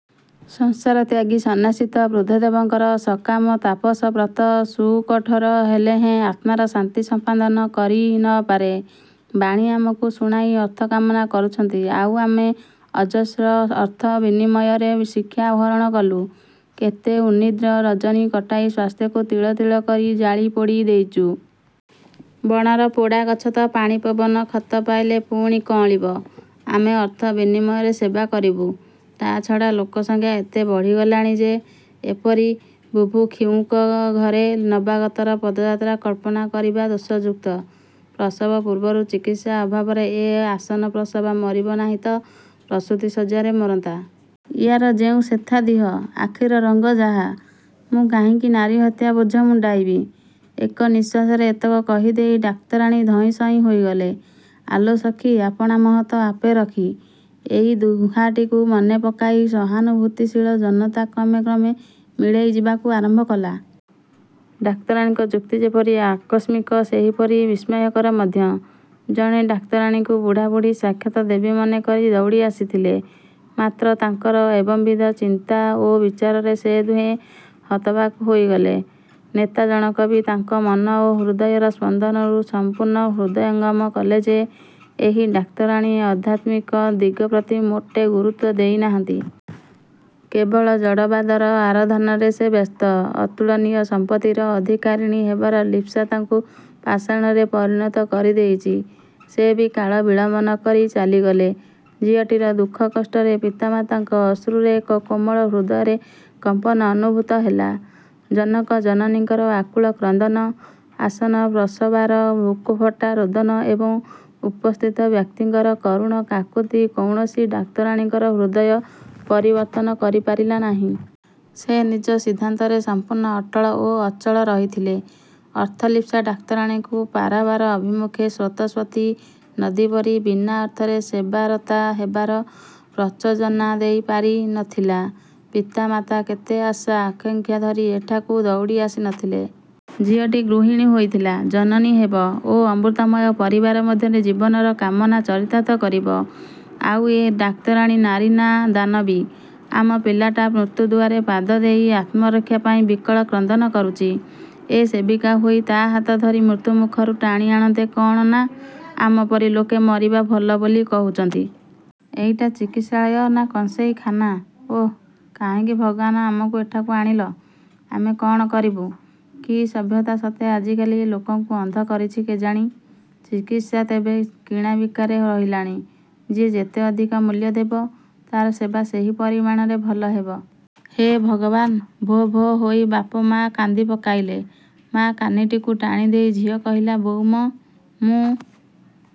ସଂସାର ତ୍ୟାଗୀ ସନ୍ନ୍ୟାସୀ ତ ବୁଦ୍ଧଦେବଙ୍କର ସକାମ ତାପସ ବ୍ରତ ସୁକଠୋର ହେଲେହେଁ ଆତ୍ମାର ଶାନ୍ତି ସମ୍ପାଦନ କରି ନ ପାରେ—ବାଣୀ ଆମକୁ ଶୁଣାଇ ଅର୍ଥ କାମନା କରୁଛନ୍ତି ଆଉ ଆମେ ଅଜସ୍ର ଅର୍ଥ ବିନିମୟରେ ଶିକ୍ଷା ଆହରଣ କଲୁ। କେତେ ଉନ୍ନିଦ୍ର ରଜନୀ କଟାଇ ସ୍ୱାସ୍ଥ୍ୟକୁ ତିଳ ତିଳ କରି ଜାଳି ପୋଡ଼ି ଦେଇଚୁ। ବଣର ପୋଡ଼ା ଗଛ ତ ପାଣି, ପବନ, ଖତ ପାଇଲେ ପୁଣି କଅଁଳିବ? ଆମେ ଅର୍ଥ ବିନିମୟରେ ସେବା କରିବୁ। ତାଛଡ଼ା ଲୋକସଂଖ୍ୟା ଏତେ ବଢ଼ି ଗଲାଣି ଯେ, ଏପରି ବୁଭୁକ୍ଷୁଙ୍କ ଘରେ ନବାଗତର ପଦଯାତ୍ରା କଳ୍ପନା କରିବା ଦୋଷଯୁକ୍ତ। ପ୍ରସବ ପୂର୍ବରୁ ଚିକିତ୍ସା ଅଭାବରେ ଏ ଆସନ୍ନପ୍ରସବା ମରିବ ନାହିଁ ତ ପ୍ରସୂତିଶଯ୍ୟାରେ ମରନ୍ତା। ଇଆର ଯେଉଁ ସେଥା ଦିହ, ଆଖିର ରଙ୍ଗ ଯାହା, ମୁଁ କାହିଁକି ନାରୀହତ୍ୟା ବୋଝ ମୁଣ୍ଡାଇବି? ଏକ ନିଶ୍ୱାସରେ ଏତକ କହିଦେଇ ଡାକ୍ତରାଣୀ ଧଇଁସଇଁ ହୋଇଗଲେ। 'ଆଲୋ ସଖୀ, ଆପଣା ମହତ ଆପେ ରଖି' ଏଇ ଦୁହାଟିକୁ ମନେ ପକାଇ ସହାନୁଭୂତିଶୀଳ ଜନତା କ୍ରମେ କ୍ରମେ ମିଳେଇ ଯିବାକୁ ଆରମ୍ଭ କଲା। ଡାକ୍ତରାଣୀଙ୍କ ଯୁକ୍ତି ଯେପରି ଆକସ୍ମିକ, ସେହିପରି ବିସ୍ମୟକର ମଧ୍ୟ। ଜଣେ ଡାକ୍ତରାଣୀଙ୍କୁ ବୁଢ଼ା ବୁଢ଼ୀ ସାକ୍ଷାତ ଦେବୀ ମନେକରି ଦଉଡ଼ି ଆସିଥିଲେ। ମାତ୍ର ତାଙ୍କର ଏବଂବିଧ ଚିନ୍ତା ଓ ବିଚାରରେ ସେ ଦୁହେଁ ହତବାକ୍ ହୋଇଗଲେ। ନେତା ଜଣକ ବି ତାଙ୍କ ମନ ଓ ହୃଦୟର ସ୍ପନ୍ଦନରୁ ସମ୍ପୂର୍ଣ୍ଣ ହୃଦୟଙ୍ଗମ କଲେ ଯେ, ଏହି ଡାକ୍ତରାଣୀ ଅଧ୍ୟାତ୍ମିକ ଦିଗ ପ୍ରତି ମୋଟେ ଗୁରୁତ୍ୱ ଦେଇ ନାହାନ୍ତି। କେବଳ ଜଡ଼ବାଦର ଆରାଧନାରେ ସେ ବ୍ୟସ୍ତ। ଅତୁଳନୀୟ ସମ୍ପତ୍ତିର ଅଧିକାରିଣୀ ହେବାର ଲିପ୍ସା ତାଙ୍କୁ ପାଷାଣରେ ପରିଣତ କରିଦେଇଚି। ସେ ବି କାଳ ବିଳମ୍ବ ନ କରି ଚାଲିଗଲେ। ଝିଅଟିର ଦୁଃଖ କଷ୍ଟରେ ପିତାମାତାଙ୍କ ଅଶ୍ରୁରେ ଏକ କୋମଳ ହୃଦୟରେ କମ୍ପନ ଅନୁଭୂତ ହେଲା। ଜନକ ଜନନୀଙ୍କର ଆକୁଳ କ୍ରନ୍ଦନ, ଆସନ୍ନପ୍ରସବାର ବୁକୁଫଟା ରୋଦନ ଏବଂ ଉପସ୍ଥିତ ବ୍ୟକ୍ତିଙ୍କର କରୁଣ କାକୁତି କୌଣସି ଡାକ୍ତରାଣୀଙ୍କର ହୃଦୟ ପରିବର୍ତ୍ତନ କରିପାରିଲା ନାହିଁ-। ସେ ନିଜ ସିଦ୍ଧାନ୍ତରେ ସମ୍ପୂର୍ଣ୍ଣ ଅଟଳ ଓ ଅଚଳ ରହିଥିଲେ। ଅର୍ଥଲିପ୍ସା ଡାକ୍ତରାଣୀଙ୍କୁ ପାରାବାର ଅଭିମୁଖୀ ସ୍ରୋତସ୍ୱତୀ ନଦୀ ପରି ବିନା ଅର୍ଥରେ ସେବାରତା ହେବାର ପ୍ରଚୋଜନା ଦେଇ ପାରି। ନ ଥିଲା। ପିତା ମାତା କେତେ ଆଶା ଆକାଙ୍କ୍ଷା ଧରି ଏଠାକୁ ଦଉଡ଼ି ଆସି ନ ଥିଲେ? ଝିଅଟି ଗୃହିଣୀ ହୋଇଥିଲା, ଜନନୀ ହେବ ଓ ଅମୃତମୟ ପରିବାର ମଧ୍ୟରେ ଜୀବନର କାମନା ଚରିତାର୍ଥ କରିବ। ଆଉ ଏ ଡାକ୍ତରାଣୀ ନାରୀ ନା ଦାନବୀ? ଆମ ପିଲାଟା ମୃତ୍ୟୁ ଦୁଆରେ ପାଦ ଦେଇ ଆତ୍ମରକ୍ଷା ପାଇଁ ବିକଳ କ୍ରନ୍ଦନ କରୁଚି। ଏ ସେବିକା ହୋଇ ତା ହାତ ଧରି ମୃତ୍ୟୁ ମୁଖରୁ ଟାଣି ଆଣନ୍ତେ କଣ ନା, ଆମପରି ଲୋକେ ମରିବା ଭଲ ବୋଲି କହୁଚନ୍ତି! ଏଇଟା ଚିକିତ୍ସାଳୟ ନା କଂସେଇଖାନା! ଓଃ କାହିଁକି ଭଗବାନ ଆମକୁ ଏଠାକୁ ଆଣିଲ? ଆମେ କ'ଣ କରିବୁ? କି ସଭ୍ୟତା ସତେ ଆଜିକାଲି ଏ ଲୋକଙ୍କୁ ଅନ୍ଧ କରିଛି କେଜାଣି? ଚିକିତ୍ସା ତେବେ କିଣା ବିକାରେ ରହିଲାଣି। ଯିଏ ଯେତେ ଅଧିକ ମୂଲ୍ୟ ଦେବ, ତାର ସେବା ସେହି ପରିମାଣରେ ଭଲ ହେବ? ହେ ଭଗବାନ! ଭୋ ଭୋ ହୋଇ ବାପ ମା କାନ୍ଦି ପକାଇଲେ। ମା କାନିଟିକୁ ଟାଣିଦେଇ ଝିଅ କହିଲା—ବୋଉମ! ମୁଁ